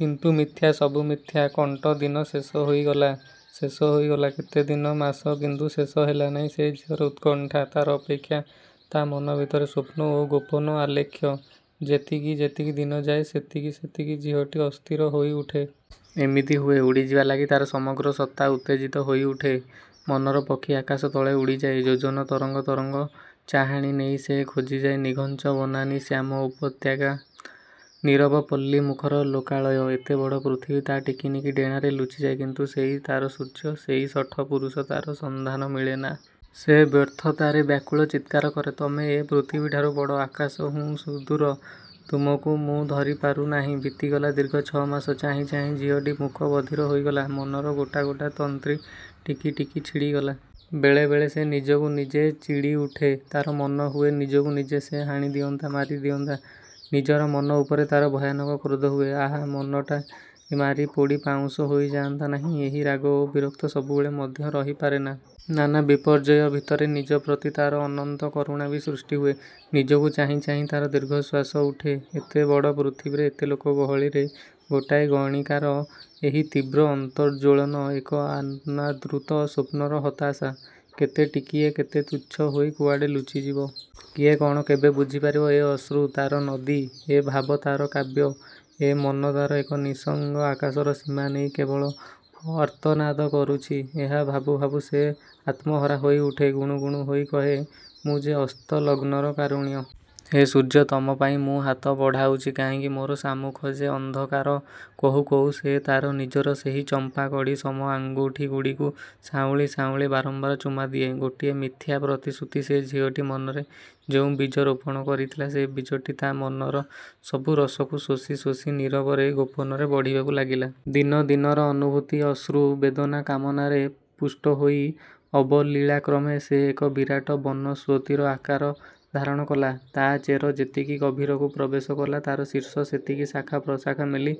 କିନ୍ତୁ ମିଥ୍ୟା, ସବୁ ମିଥ୍ୟା? କଣ୍ଟ ଦିନ ଶେଷ ହୋଇଗଲା। ଶେଷ ହୋଇଗଲା କେତେ ଦିନ, ମାସ କିନ୍ତୁ ଶେଷ ହେଲା ନାହିଁ ସେ ଝିଅର ଉତ୍କଣ୍ଠା, ତାର ଅପେକ୍ଷା, ତା ମନ ଭିତରେ ସ୍ଵପ୍ନ ଓ ଗୋପନ ଆଲେଖ୍ୟ। ଯେତିକି ଯେତିକି ଦିନ ଯାଏ ସେତିକି ସେତିକି ଝିଅଟି ଅସ୍ଥିର ହୋଇ ଉଠେ। ଏମିତି ହୁଏ, ଉଡ଼ିଯିବାଲାଗି ତାର ସମଗ୍ର ସତ୍ତା ଉତ୍ତେଜିତ ହୋଇ ଉଠେ। ମନର ପକ୍ଷୀ ଆକାଶ ତଳେ ଉଡ଼ିଯାଏ ଯୋଜନ ତରଙ୍ଗ ତରଙ୍ଗ ଚାହାଣି ନେଇ ସେ ଖୋଜିଯାଏ ନିଘଞ୍ଚ ବନାନୀ, ଶ୍ୟାମ ଉପତ୍ୟକା, ନୀରବ ପଲ୍ଲୀ, ମୁଖର ଲୋକାଳୟ। ଏତେବଡ଼ ପୃଥିବୀ ତା ଟିକିନିକି ଡେଣାରେ ଲୁଚିଯାଏ କିନ୍ତୁ ସେଇ ତାର ସୂର୍ଯ୍ୟ, ସେହି ଶଠ ପୂରୁଷ, ତାର ସନ୍ଧାନ ମିଳେନା। ସେ ବ୍ୟର୍ଥତାରେ ବ୍ୟାକୁଳ ଚିତ୍କାର କରେ। ତମେ ଏ ପୃଥିବୀଠାରୁ ବଡ଼, ଆକାଶ ହୁଁ ସୁଦୂର। ତମକୁ ମୁଁ ଧରି ପାରୁ ନାହିଁ । ବିତିଗଲା ଦୀର୍ଘ ଛ ମାସ। ଚାହିଁ ଚାହିଁ ଝିଅଟି ମୁକ ବଧିର ହୋଇଗଲା। ମନର ଗୋଟା ଗୋଟା ତନ୍ତ୍ରୀ ଟିକି ଟିକି ଛିଡ଼ିଗଲା। ବେଳେ ବେଳେ ସେ ନିଜକୁ ନିଜେ ଚିଡ଼ି ଉଠେ। ତାର ମନ ହୁଏ ନିଜକୁ ନିଜେ ସେ ହାଣିଦିଅନ୍ତା, ମାରିଦିଅନ୍ତା। ନିଜର ମନ ଉପରେ ତାର ଭୟାନକ କ୍ରୋଧ ହୁଏ, ଆଃ ଏ ମନଟା ମାରି ପୋଡ଼ି ପାଉଁଶ ହୋଇ ଯାଆନ୍ତା ନାହିଁ? ଏହି ରାଗ ଓ ବିରକ୍ତ ସବୁବେଳେ ମଧ୍ୟ ରହି ପାରେନା। ନାନା ବିପର୍ଯ୍ୟୟ ଭିତରେ ନିଜପ୍ରତି ତାର ଅନନ୍ତ କରୁଣା ବି ସୃଷ୍ଟି ହୁଏ। ନିଜକୁ ଚାହିଁ ଚାହିଁ ତାର ଦୀର୍ଘଶ୍ଵାସ ଉଠେ। ଏତେ ବଡ଼ ପୃଥିବୀରେ ଏତେ ଲୋକ ଗହଳିରେ, ଗୋଟାଏ ଗଣିକାର ଏହି ତୀବ୍ର ଅନ୍ତର୍ଜ୍ୱଳନ ଏକ ଅନାଦୃତ ସ୍ୱପ୍ନର ହତାଶା। କେତେ ଟିକିଏ, କେତେ ତୁଚ୍ଛ ହୋଇ କୁଆଡ଼େ ଲୁଚିଯିବ। କିଏ କଣ କେବେ ବୁଝି ପାରିବ, ଏ ଅଶ୍ରୁ, ତାର ନଦୀ। ଏ ଭାବ ତାର କାବ୍ୟ, ଏ ମନ ତାର ଏକ ନିଃସଙ୍ଗ ଆକାଶର ସୀମା ନେଇ କେବଳ ଆର୍ତ୍ତନାଦ କରୁଛି? ଏହା ଭାବୁ ଭାବୁ ସେ ଆତ୍ମହରା ହୋଇଉଠେ। ଗୁଣୁ ଗୁଣୁ ହୋଇ କହେ, ମୁଁ ଯେ ଅସ୍ତ ଲଗ୍ନର କାରୁଣ୍ୟ । ହେ ସୂର୍ଯ୍ୟ, ତମପାଇଁ ମୁଁ ହାତ ବଢ଼ାଉଛି କାହିଁକି ମୋର ସାମ୍ମୁଖ ଯେ ଅନ୍ଧକାର। କହୁ କହୁ ସେ ତାର ନିଜର ସେହି ଚମ୍ପାକଢ଼ି ସମ ଆଙ୍ଗୁଠିଗୁଡ଼ିକୁ ସାଉଁଳି ସାଉଁଳି ବାରମ୍ବାର ଚୁମା ଦିଏ । ଗୋଟିଏ ମିଥ୍ୟା ପ୍ରତିଶ୍ରୁତି ସେ ଝିଅଟି ମନରେ ଯେଉଁ ବୀଜ ରୋପଣ କରିଥିଲା, ସେ ବୀଜଟି ତା ମନର ସବୁ ରସକୁ ଶୋଷି ଶୋଷି ନୀରବରେ, ଗୋପନରେ ବଢ଼ିବାକୁ ଲାଗିଲା। ଦିନଦିନର ଅନୁଭୂତି ଅଶ୍ରୁ, ବେଦନା କାମନାରେ ପୁଷ୍ଟହୋଇ ଅବଲୀଳାକ୍ରମେ ସେ ଏକ ବିରାଟ ବନସ୍ଵତିର ଆକାର ଧାରଣ କଲା। ତା ଚେର ଯେତିକି ଗଭୀରକୁ ପ୍ରବେଶ କଲା ତାର ଶୀର୍ଷ ସେତିକି ଶାଖା, ପ୍ରଶାଖା ମେଲି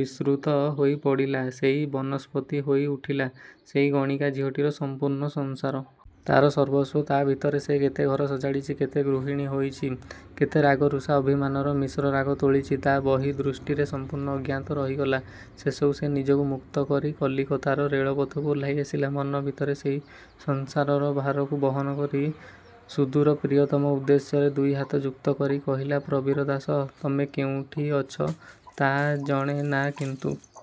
ବିସୃତ ହୋଇ ପଡ଼ିଲା। ସେଇ ବନସ୍ପତି ହୋଇ ଉଠିଲା, ସେଇ ଗଣିକା ଝିଅଟିର ସମ୍ପୂର୍ଣ୍ଣ ସଂସାର। ତାର ସର୍ବସ୍ଵ, ତା ଭିତରେ ସେ କେତେଘର ସଜାଡ଼ିଛି କେତେ ଗୃହିଣୀ ହୋଇଛି କେତେ ରାଗ ରୁଷା, ଅଭିମାନର ମିଶ୍ରରାଗ ତୋଳିଛି ତା ବହି ଦୃଷ୍ଟିରେ ସମ୍ପୂର୍ଣ୍ଣ ଅଜ୍ଞାତ ରହିଗଲା। ଶେଷକୁ ସେ ନିଜକୁ ମୁକ୍ତ କରି କଲିକତାର ରେଳପଥକୁ ଓହ୍ଲାଇ ଆସିଲା। ମନ ଭିତରେ ସେଇ ସଂସାରର ଭାରକୁ ବହନ କରି ସୁଦୂର ପ୍ରିୟତମ ଉଦ୍ଦେଶ୍ୟରେ ଦୁଇ ହାତ ଯୁକ୍ତକରି କହିଲା, ପ୍ରବୀର ଦାସ। ତମେ କେଉଁଠି ଅଛ ତା ଜଣେ ନା କିନ୍ତୁ